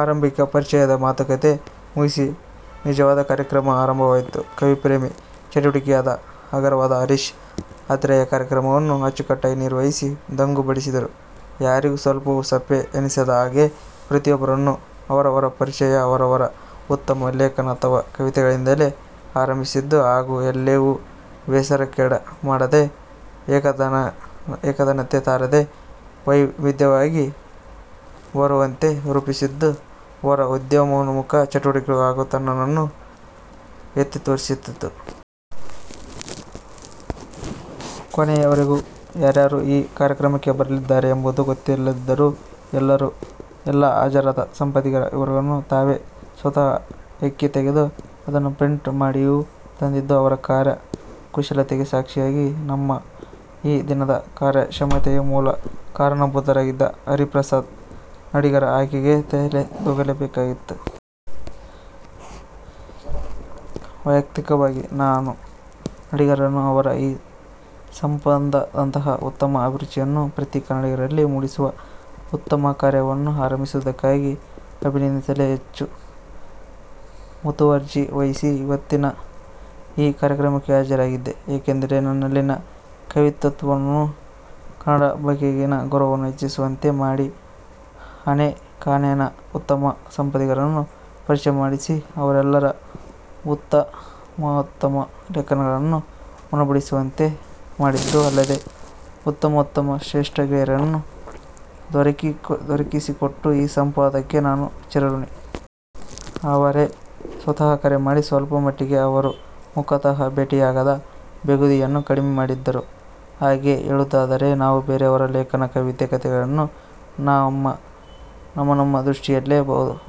ಆರಂಭಿಕ ಪರಿಚಯದ ಮಾತುಕಥೆ ಮುಗಿಸಿ, ನಿಜವಾದ ಕಾರ್ಯಕ್ರಮ ಆರಂಭವಾಯ್ತು. ಕವಿ ಪ್ರೇಮಿ, ಚಟುವಟಿಕೆಯ ಆಗರವಾದ ಹರೀಶ್ ಆತ್ರೇಯ ಕಾರ್ಯಕ್ರಮವನ್ನು ಅಚ್ಚುಕಟ್ಟಾಗಿ ನಿರ್ವಹಿಸಿ ದಂಗು ಬಡಿಸಿದರು. ಯಾರಿಗೂ ಸ್ವಲ್ಪವೂ ಸಪ್ಪೆ ಎನಿಸದ ಹಾಗೆ ಪ್ರತಿಯೊಬ್ಬರನ್ನೂ ಅವರವರ ಪರಿಚಯ ಅವರವರ ಉತ್ತಮ ಲೇಖನ ಅಥವಾ ಕವಿತೆಗಳಿಂದಲೇ ಆರಂಭಿಸಿದ್ದು ಹಾಗೂ ಎಲ್ಲಿಯೂ ಬೇಸರಕ್ಕೆಡಮಾಡದೇ, ಎಕತಾನತೆ ತಾರದೇ ವೈವಿಧ್ಯಮಯವಾಗಿ ಬರುವಂತೆ ರೂಪಿಸಿದ್ದು ಅವರ ಉದಯೋನ್ಮುಖ ಚಟುವಟಿಕೆಗಳ ಹಾಗೂ ತನ್ನತನವನ್ನು ಎತ್ತಿ ತೋರಿಸುತ್ತಿತ್ತು. ಕೊನೆಯವರೆಗೂ ಯಾರ್ಯಾರು ಈ ಕಾರ್ಯಕ್ರಮಕ್ಕೆ ಬರಲಿದ್ದಾರೆ ಎಂಬುದು ಗೊತ್ತಿಲ್ಲದಿದ್ದರೂ ಎಲ್ಲಾ ಹಾಜರಾದ ಸಂಪದಿಗರ ವಿವರಗಳನ್ನು ತಾವೇ ಸ್ವತಹ ಹೆಕ್ಕಿ ತೆಗೆದು ಅದನ್ನು ಪ್ರಿಂಟ್ ಮಾಡಿಯೂ ತಂದಿದ್ದು ಅವರ ಕಾರ್ಯ ಕುಶಲತೆಗೆ ಸಾಕ್ಷಿಯಾಗಿ, ನಮ್ಮ ಈ ದಿನದ ಕಾರ್ಯಕ್ಷಮತ್ವತೆಗೆ ಮೂಲ ಕಾರಣ ಭೂತರಾಗಿದ್ದ ಹರಿಪ್ರಸಾದ ನಾಡಿಗರ ಅಯ್ಕೆಗೆ ತಲೆದೂಗಲೇ ಬೇಕಾಗಿತ್ತು. ವಯ್ಯಕ್ತಿಕವಾಗಿ ನಾನು ನಾಡಿಗರನ್ನು ಅವರ ಈ ಸಂಪದದಂತಹ ಉತ್ತಮ ಅಭಿರುಚಿಯನ್ನು ಪ್ರತಿ ಕನ್ನಡಿಗರಲ್ಲಿ ಮೂಡಿಸುವ ಉತ್ತಮಕಾರ್ಯವನ್ನು ಅರಂಭಿಸಿದುದಕ್ಕಾಗಿ ಅಭಿನಂದಿಸಲೆಂದೇ ಹೆಚ್ಚು ಮುತುವರ್ಜಿ ವಹಿಸಿ ಇವತ್ತಿನ ಈ ಕಾರ್ಯಕ್ರಮಕ್ಕೆ ಹಾಜರಾಗಿದ್ದೆ, ಏಕೆಂದರೆ ನನ್ನಲ್ಲಿನ ಕವಿತ್ವವನ್ನು ಕನ್ನಡದ ಬಗೆಗಿನ ಗೌರವವನ್ನು ಹೆಚ್ಚಿಸುವಂತೆ ಮಾಡಿ ಅನೇಕಾನೇಕ ಉತ್ತಮ ಸಂಪದಿಗರನ್ನು ಪರಿಚಯಮಾಡಿಸಿ, ಅವರೆಲ್ಲರ ಉತ್ತಮೋತ್ತಮ ಲೇಖನಗಳನ್ನು ಉಣಬಡಿಸುವಂತೆ ಮಾಡಿದ್ದೂ ಅಲ್ಲದೇ ಉತ್ತಮೋತ್ತಮ ಶ್ರೇಷ್ಠ ಗೆಳೆಯರನ್ನೂ ದೊರಕಿಸಿಕೊಟ್ಟ ಈ ಸಂಪದಕ್ಕೆ ನಾನು ಚಿರಋಣಿ. ಅವರೇ ಸ್ವತಹ ಕರೆಮಾಡಿ ಸ್ವಲ್ಪ ಮಟ್ಟಿಗೆ ಅವರನ್ನು ಮುಖತಃ ಭೇಟಿಯಾಗದ ಬೇಗುದಿಯನ್ನು ಕಡಿಮೆ ಮಾಡಿದ್ದರು. ಹಾಗೆ ಹೇಳುವುದಾದರೆ ನಾವು ಬೇರೆಯವರ ಲೇಖನ, ಕವಿತೆ, ಕಥೆಗಳನ್ನು ನಮ್ಮ ನಮ್ಮ ದೃಷ್ಟಿಯಲ್ಲೇ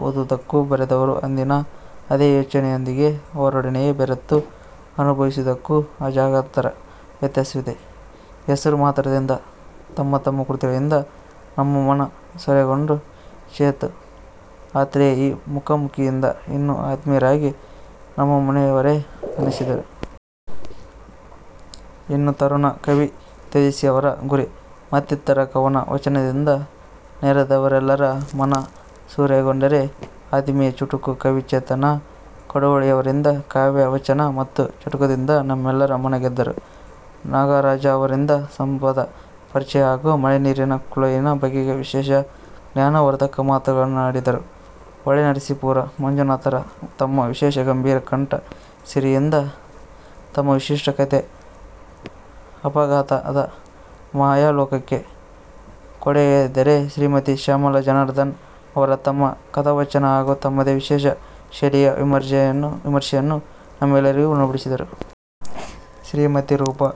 ಓದುವುದಕ್ಕೂ, ಬರೆದವರ ಅಂದಿನ ಅದೇ ಯೋಚನೆಯೊಂದಿಗೆ ಅವರೊಡನೆಯೇ ಬೆರೆತು ಅನುಭವಿಸುವದಕ್ಕೂ ಅಜಗಜಾಂತರ ವ್ಯತ್ಯಾಸವಿದೆ. ಹೆಸರು ಮಾತ್ರದಿಂದ ತಮ್ಮ ತಮ್ಮ ಕೃತಿಗಳಿಂದ ನಮ್ಮ ಮನ ಸೂರೆಗೊಂಡ ಚೇತೂ, ಆತ್ರೇಯ, ಈ ಮುಖಾ ಮುಖಿಯಿಂದ ಇನ್ನೂ ಆತ್ಮೀಯರಾಗಿ ನಮ್ಮ ಮನೆಯವರೇ ಅನ್ನಿಸಿದರು. ಇನ್ನು ತರುಣ ಕವಿ ತೇಜಸ್ವೀಯವರ "ಗುರಿ",ಮತ್ತಿತರ ಕವನ ವಾಚನದಿಂದ ನೆರೆದವರೆಲ್ಲರ ಮನಸೂರೆಗೊಂಡರೆ, ಆತ್ಮೀಯ ಚುಟುಕು ಕವಿ ಚೇತನ್ ಕೂಡುವಳ್ಳಿಯವರಿಂದ ಕಾವ್ಯವಾಚನ ಮತ್ತು ಚುಟುಕದಿಂದ ನಮ್ಮೆಲ್ಲರ ಮನಗೆದ್ದರು. ನಾಗರಾಜರವರಿಂದ ಸಂಪದ ಪರಿಚಯ ಹಾಗೂ ಮಳೆನೀರಿನ ಕೊಯ್ಲಿನ ಬಗೆಗೆ ವಿಶೇಷ ಜ್ಞಾನವರ್ಧಕ ಮಾತುಗಳನ್ನಾಡಿದರು. ಹೊಳೆನರಸೀಪುರ ಮಂಜುನಾಥರು ತಮ್ಮ ವಿಶೇಷ ಗಂಭೀರ ಕಂಠ ಸಿರಿಯಿಂದ ತಮ್ಮ ವಿಶಿಷ್ಟ ಕಥೆ "ಅಫಘಾತ"ದ ಮಾಯಾಲೋಕಕ್ಕೆ ಕೊಂಡೊಯ್ದರೆ, ಶ್ರೀಮತಿ ಶ್ಯಾಮಲಾ ಜನಾರ್ಧನನ್ ಅವರು ತಮ್ಮ ಕಥಾವಾಚನ ಹಾಗೂ ತಮ್ಮದೇ ವಿಶೇಷ ಶೈಲಿಯ ವಿಮರ್ಶೆಯನ್ನೂ ನಮಗೆಲ್ಲರಿಗೂ ಉಣಬಡಿಸಿದರು. ಶ್ರೀಮತಿ ರೂಪಾ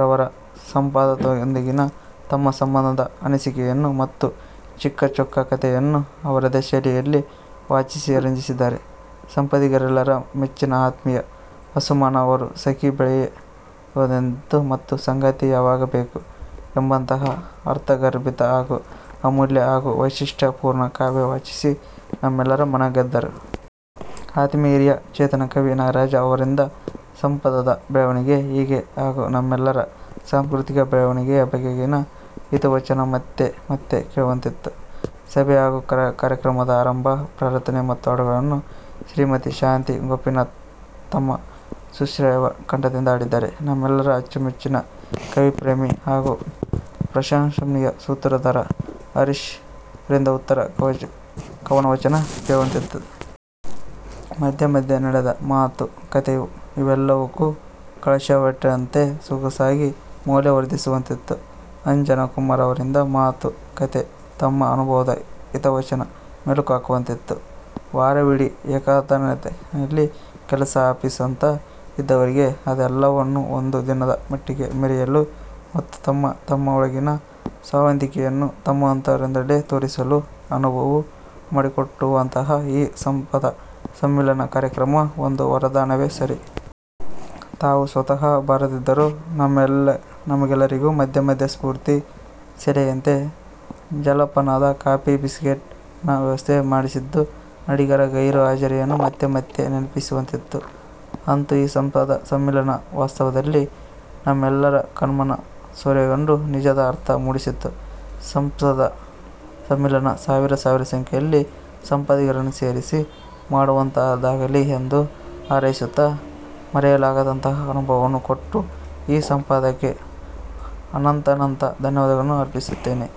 ರವರು ಸಂಪದದೊಂದಿಗಿನ ತಮ್ಮ ಸಂಭಂದದ ಅನಿಸಿಕೆಯನ್ನೂ ಮತ್ತು ಚಿಕ್ಕಚೊಕ್ಕ ಕಥೆಯನ್ನೂ ಅವರದೇ ಶೈಲಿಯಲ್ಲಿ ವಾಚಿಸಿ ರಂಜಿಸಿದರೆ, ಸಂಪದಿಗರೆಲ್ಲರ ಮೆಚ್ಚಿನ ಆತ್ಮೀಯ ಆಸುಮನ ಅವರು "ಸಖಿ, ಬೆಳೆಯುವದೆಂತು, ಮತ್ತು ಸಂಗಾತಿ ಯಾವಾಗ ಬೇಕು" ಎಂಬಂತಹ ಅರ್ಥಗರ್ಭಿತ, ಹಾಗೂ ಅಮೂಲ್ಯ ಹಾಗೂ ವೈಶಿಷ್ಟ ಪೂರ್ಣ ಕಾವ್ಯ ವಾಚಿಸಿ ನಮ್ಮೆಲ್ಲರ ಮನ ಗೆದ್ದರು. ಆತ್ಮೀಯ, ಹಿರಿಯ, ಚೇತನ ಕವಿ ನಾಗರಾಜ ಅವರಿಂದ ಸಂಪದದ ಬೆಳವಣಿಗೆ ಹೇಗೆ ಹಾಗೂ ನಮ್ಮೆಲ್ಲರ ಸಾಂಸ್ಕೃತಿಕ ಬೆಳವಣಿಗೆಯ ಬಗೆಗಿನ ಹಿತವಚನ ಮತ್ತೆ ಮತ್ತೆ ಕೇಳುವಂತಿತ್ತು. ಸಭೆ ಹಾಗೂ ಕಾರ್ಯಕ್ರಮದ ಆರಂಭ ಪ್ರಾರ್ಥನೆ ಮತ್ತು ಹಾಡುಗಳನ್ನು ಶ್ರೀಮತಿ ಶಾಂತಿ ಗೋಪೀನಾಥ್ ತಮ್ಮ ಸುಶ್ರಾವ್ಯ ಕಂಠದಿಂದ ಹಾಡಿದ್ದರೆ, ನಮ್ಮೆಲ್ಲರ ಅಚ್ಚುಮೆಚ್ಚಿನ ಕವಿ, ಪ್ರೇಮಿ, ಹಾಗೂ ಪ್ರಶಂಶನೀಯ ಸೂತ್ರಧಾರ ಹರೀಶ್ ರಿಂದ "ಉತ್ತರ ಕವನ" ವಾಚನ ಕೇಳುವಂತಿತ್ತು. ಮಧ್ಯೆ ಮಧ್ಯೆ ನಡೆದ ಮಾತು ಕಥೆಯೂ ಇವೆಲ್ಲವಕ್ಕೂ ಕಳಶವಿಟ್ಟಂತೆ ಸೊಗಸಾಗಿ ಮೌಲ್ಯವರ್ಧಿಸುವಂತಿತ್ತು. ಅಂಜನ ಕುಮಾರ ಅವರಿಂದ ಮಾತು ಕಥೆ ತಮ್ಮ ಅನುಭವದ ಹಿತವಚನ ಮೆಲುಕು ಹಾಕುವಂತಿತ್ತು ವಾರವಿಡೀ ಏಕತಾನತೆಯಲ್ಲಿ ಕೆಲಸ ಆಫೀಸು ಅಂತ ಇದ್ದವರಿಗೆ, ಅದೆಲ್ಲವನ್ನೂ ಒಂದು ದಿನದ ಮಟ್ಟಿಗೆ ಮರೆಯಲು, ಮತ್ತು ತಮ್ಮ ತಮ್ಮ ಒಳಗಿನ ಸ್ವಂತಿಕೆಯನ್ನು ತಮ್ಮಂತವರೆದುರೇ ತೋರಿಸಲು ಅನುವು ಮಾಡಿಕೊಟ್ಟಂತಹ ಈ ಸಂಪದ ಸಂಮಿಲನ ಕಾರ್ಯಕ್ರಮ ಒಂದು ವರದಾನವೇ ಸರಿ. ತಾವು ಸ್ವತಹ ಬಾರದಿದ್ದರೂ ನಮಗೆಲ್ಲರಿಗೂ ಮಧ್ಯೆ ಮಧ್ಯೆ ಸ್ಪೂರ್ತಿ ಸೆಲೆಯಂತೆ ಜಲಪಾನದ, ಕಾಫಿ ಬಿಸ್ಕಿಟ್ ನ ವ್ಯವಸ್ಥೆ ಮಾಡಿಸಿದ್ದು, ನಾಡಿಗರ ಗೈರು ಹಾಜರಿಯನ್ನು ಮತ್ತೆ ಮತ್ತೆ ನೆನಪಿಸುವಂತಿತ್ತು. ಅಂತೂ ಈ ಸಂಪದ ಸಂಮಿಲನ ವಾಸ್ತವದಲ್ಲಿ ನಮ್ಮೆಲ್ಲರ ಕಣ್ಮನ ಸೂರೆಗೊಂಡು ನಿಜದ ಅರ್ಥ ಮೂಡಿಸಿತು. ಸಂಪದದ ಸಂಮಿಲನ ಸಾವಿರ ಸಾವಿರ ಸಂಖ್ಯೆಯಲ್ಲಿ ಸಂಪದಿಗರನ್ನು ಸೇರಿಸಿ ಮಾಡುವಂತಹದ್ದಾಗಲಿ ಎಂದು ಹಾರೈಸುತ್ತ, ಮರೆಯಲಾಗದಂತಹ ಅನುಭವವನ್ನು ಕೊಟ್ಟ ಈ ಸಂಪದಕ್ಕೆ ಅನಂತಾನಂತ ಧನ್ಯವಾದಗಳನ್ನು ಅರ್ಪಿಸುತ್ತೇನೆ.